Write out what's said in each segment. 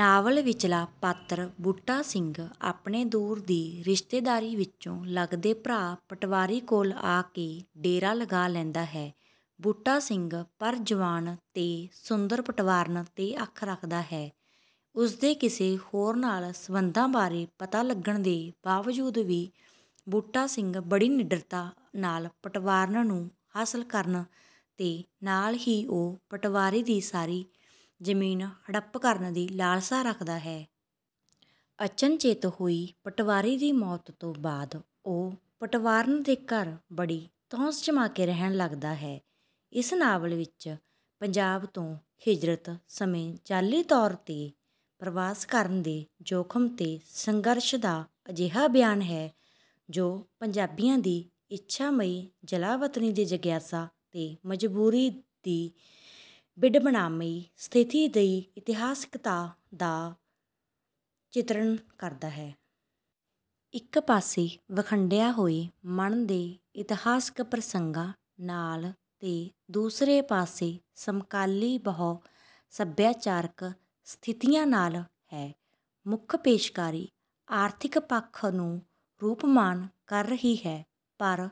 Novel ਵਿੱਚਲਾ ਪਾਤਰ ਬੂਟਾ ਸਿੰਘ ਆਪਣੇ ਦੂਰ ਦੀ ਰਿਸ਼ਤੇਦਾਰੀ ਵਿੱਚੋਂ ਲਗਦੇ ਭਰਾ ਪਟਵਾਰੀ ਕੋਲ ਆ ਕੇ ਡੇਰਾ ਲਗਾ ਲੈਂਦਾ ਹੈ। ਬੂਟਾ ਸਿੰਘ ਭਰ ਜੁਆਨ ਤੇ ਸੁੰਦਰ ਪਟਵਾਰਨ ਤੇ ਅੱਖ ਰੱਖਦਾ ਹੈ। ਉਸਦੇ ਕਿਸੇ ਹੋਰ ਨਾਲ ਸਬੰਧਾਂ ਬਾਰੇ ਪਤਾ ਲੱਗਣ ਦੇ ਬਾਵਜੂਦ ਵੀ ਬੂਟਾ ਸਿੰਘ ਬੜੀ ਨਿੱਡਰਤਾ ਨਾਲ ਪਟਵਾਰਨ ਨੂੰ ਹਾਸਲ ਕਰਨ ਤੇ ਨਾਲ ਹੀ ਉਹ ਪਟਵਾਰੀ ਦੀ ਸਾਰੀ ਜ਼ਮੀਨ ਹੜੱਪ ਕਰਨ ਦੀ ਲਾਲਸਾ ਰੱਖਦਾ ਹੈ। ਅਚਨਚੇਤ ਹੋਈ ਪਟਵਾਰੀ ਦੀ ਮੌਤ ਤੋਂ ਬਾਅਦ ਉਹ ਪਟਵਾਰਨ ਦੇ ਘਰ ਬੜੀ ਧੌਂਸ ਜਮਾ ਕੇ ਰਹਿਣ ਲੱਗਦਾ ਹੈ। ਇਸ ਨਾਵਲ ਵਿੱਚ ਪੰਜਾਬ ਤੋਂ ਹਿਜ਼ਰਤ ਸਮੇਂ ਜਾਅਲੀ ਤੌਰ ਤੇ ਪਰਵਾਸ ਕਰਨ ਦੇ ਜੋਖਮ ਤੇ ਸੰਘਰਸ਼ ਦਾ ਅਜਿਹਾ ਬਿਆਨ ਹੈ ਜੋ ਪੰਜਾਬੀਆਂ ਦੀ ਇੱਛਾਮਈ ਜਲਾਵਤਨੀ ਦੀ ਜਗਿਆਸਾ ਤੇ ਮਜ਼ਬੂਰੀ ਦੀ ਵਿੰਡਬਨਾਮਈ ਸਥਿਤੀ ਦੀ ਇਤਿਹਾਸਕਤਾ ਦਾ ਚਿਤਰਨ ਕਰਦਾ ਹੈ। ਇੱਕ ਪਾਸੇ ਵਿਖੰਡਿਆ ਹੋਏ ਮਨ ਦੇ ਇਤਿਹਾਸਕ ਪ੍ਰਸੰਗਾਂ ਨਾਲ ਤੇ ਦੂਸਰੇ ਪਾਸੇ ਸਮਕਾਲੀ ਬਹੁ ਸੱਭਿਆਚਾਰਕ ਸਥਿਤੀਆਂ ਨਾਲ ਹੈ। ਮੁੱਖ ਪੇਸ਼ਕਾਰੀ ਆਰਥਿਕ ਪੱਖ ਨੂੰ ਰੂਪਮਾਨ ਕਰ ਰਹੀ ਹੈ। ਪਰ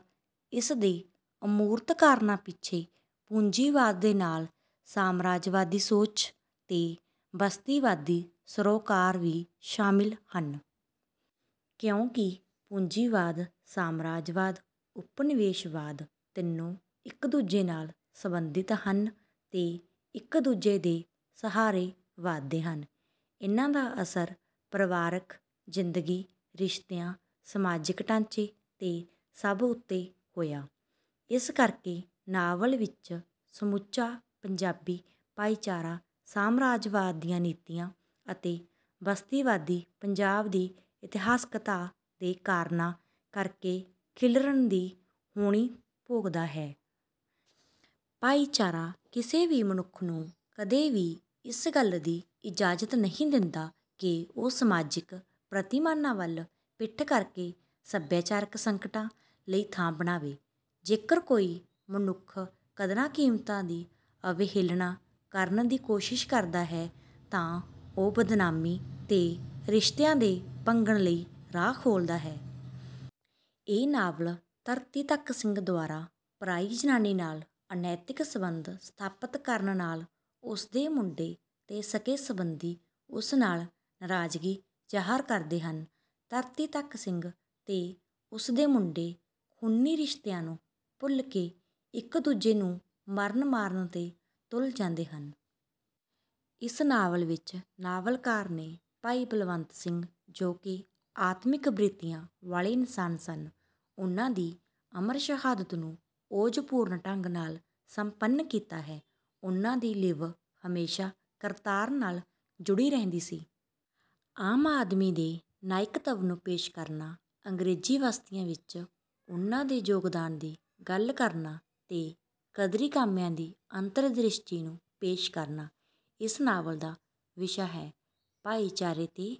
ਇਸਦੇ ਅਮੂਰਤ ਕਾਰਨਾਂ ਪਿੱਛੇ ਪੂੰਜੀਵਾਦ ਦੇ ਨਾਲ ਸਾਮਰਾਜਵਾਦੀ ਸੋਚ ਤੇ ਬਸਤੀਵਾਦੀ ਸਰੋਕਾਰ ਵੀ ਸ਼ਾਮਿਲ ਹਨ। ਕਿਉਂਕਿ ਪੂੰਜੀਵਾਦ ਸਾਮਰਾਜਵਾਦ ਉਪਨਿਵੇਸ਼ਵਾਦ ਤਿੰਨੋ ਇੱਕ ਦੂਜੇ ਨਾਲ ਸੰਬੰਧਿਤ ਹਨ ਤੇ ਇੱਕ ਦੂਜੇ ਦੇ ਸਹਾਰੇ ਵਧਦੇ ਹਨ। ਇਨ੍ਹਾਂ ਦਾ ਅਸਰ ਪਰਿਵਾਰਕ ਜ਼ਿੰਦਗੀ ਰਿਸ਼ਤਿਆਂ ਸਮਾਜਿਕ ਢਾਂਚੇ ਤੇ ਸਭ ਉੱਤੇ ਹੋਇਆ। ਇਸ ਕਰਕੇ ਨਾਵਲ ਵਿੱਚ ਸਮੁੱਚਾ ਪੰਜਾਬੀ ਭਾਈਚਾਰਾ ਸਾਮਰਾਜਵਾਦ ਦੀਆਂ ਨੀਤੀਆਂ ਅਤੇ ਬਸਤੀਵਾਦੀ ਪੰਜਾਬ ਦੀ ਇਤਿਹਾਸਕਤਾ ਦੇ ਕਾਰਣਾਂ ਕਰਕੇ ਖਿਲਰਨ ਦੀ ਹੋਣੀ ਭੋਗਦਾ ਹੈ। ਭਾਈਚਾਰਾ ਕਿਸੇ ਵੀ ਮਨੁੱਖ ਨੂੰ ਕਦੇ ਵੀ ਇਸ ਗੱਲ ਦੀ ਇਜ਼ਾਜਤ ਨਹੀਂ ਦਿੰਦਾ ਕਿ ਉਹ ਸਮਾਜਿਕ ਪ੍ਰਤੀਮਾਨਾਂ ਵੱਲ ਪਿੱਠ ਕਰਕੇ ਸੱਭਿਆਚਾਰਕ ਸੰਕਟਾਂ ਲਈ ਥਾਂ ਬਣਾਵੇ। ਜੇਕਰ ਕੋਈ ਮਨੁੱਖ ਕਦਰਾਂ ਕੀਮਤਾਂ ਦੀ ਅਵਹੇਲਨਾ ਕਰਨ ਦੀ ਕੋਸ਼ਿਸ ਕਰਦਾ ਹੈ ਤਾਂ ਉਹ ਬਦਨਾਮੀ ਤੇ ਰਿਸ਼ਤਿਆਂ ਦੇ ਭੰਗਣ ਲਈ ਰਾਹ ਖੋਲਦਾ ਹੈ। ਇਹ ਨਾਵਲ ਧਰਤੀ ਧੱਕ ਸਿੰਘ ਦੁਆਰਾ ਪਰਾਈ ਜਨਾਨੀ ਨਾਲ ਅਨੈਤਿਕ ਸਬੰਧ ਸਥਾਪਤ ਕਰਨ ਨਾਲ ਉਸ ਦੇ ਮੁੰਡੇ ਤੇ ਸਕੇ ਸੰਬੰਧੀ ਉਸ ਨਾਲ ਨਰਾਜ਼ਗੀ ਜਾਹਰ ਕਰਦੇ ਹਨ। ਧਰਤੀ ਧੱਕ ਸਿੰਘ ਤੇ ਉਸਦੇ ਮੁੰਡੇ ਖੂਨੀ ਰਿਸ਼ਤਿਆਂ ਨੂੰ ਭੁੱਲ ਕੇ ਇੱਕ ਦੂਜੇ ਨੂੰ ਮਰਨ ਮਾਰਨ ਤੇ ਤੁੱਲ ਜਾਂਦੇ ਹਨ। ਇਸ ਨਾਵਲ ਵਿੱਚ ਨਾਵਲਕਾਰ ਨੇ ਭਾਈ ਬਲਵੰਤ ਸਿੰਘ ਜੋ ਕਿ ਆਤਮਿਕ ਬ੍ਰਿਤੀਆਂ ਵਾਲੇ ਇਨਸਾਨ ਸਨ। ਉਨ੍ਹਾਂ ਦੀ ਅਮਰ ਸ਼ਹਾਦਤ ਨੂੰ ਓਜਪੂਰਨ ਢੰਗ ਨਾਲ ਸੰਪੰਨ ਕੀਤਾ ਹੈ। ਉਨ੍ਹਾਂ ਦੀ ਲਿਵ ਹਮੇਸ਼ਾ ਕਰਤਾਰ ਨਾਲ ਜੁੜੀ ਰਹਿੰਦੀ ਸੀ। ਆਮ ਆਦਮੀ ਦੇ ਨਾਇਕਤਵ ਨੂੰ ਪੇਸ਼ ਕਰਨਾ ਅੰਗਰੇਜ਼ੀ ਬਸਤੀਆਂ ਵਿੱਚ ਉਹਨਾਂ ਦੇ ਯੋਗਦਾਨ ਦੀ ਗੱਲ ਕਰਨਾ ਤੇ ਗਦਰੀ ਕਾਮਿਆਂ ਦੀ ਅੰਤਰ ਦ੍ਰਿਸ਼ਟੀ ਨੂੰ ਪੇਸ਼ ਕਰਨਾ ਇਸ ਨਾਵਲ ਦਾ ਵਿਸ਼ਾ ਹੈ। ਭਾਈਚਾਰੇ ਤੇ।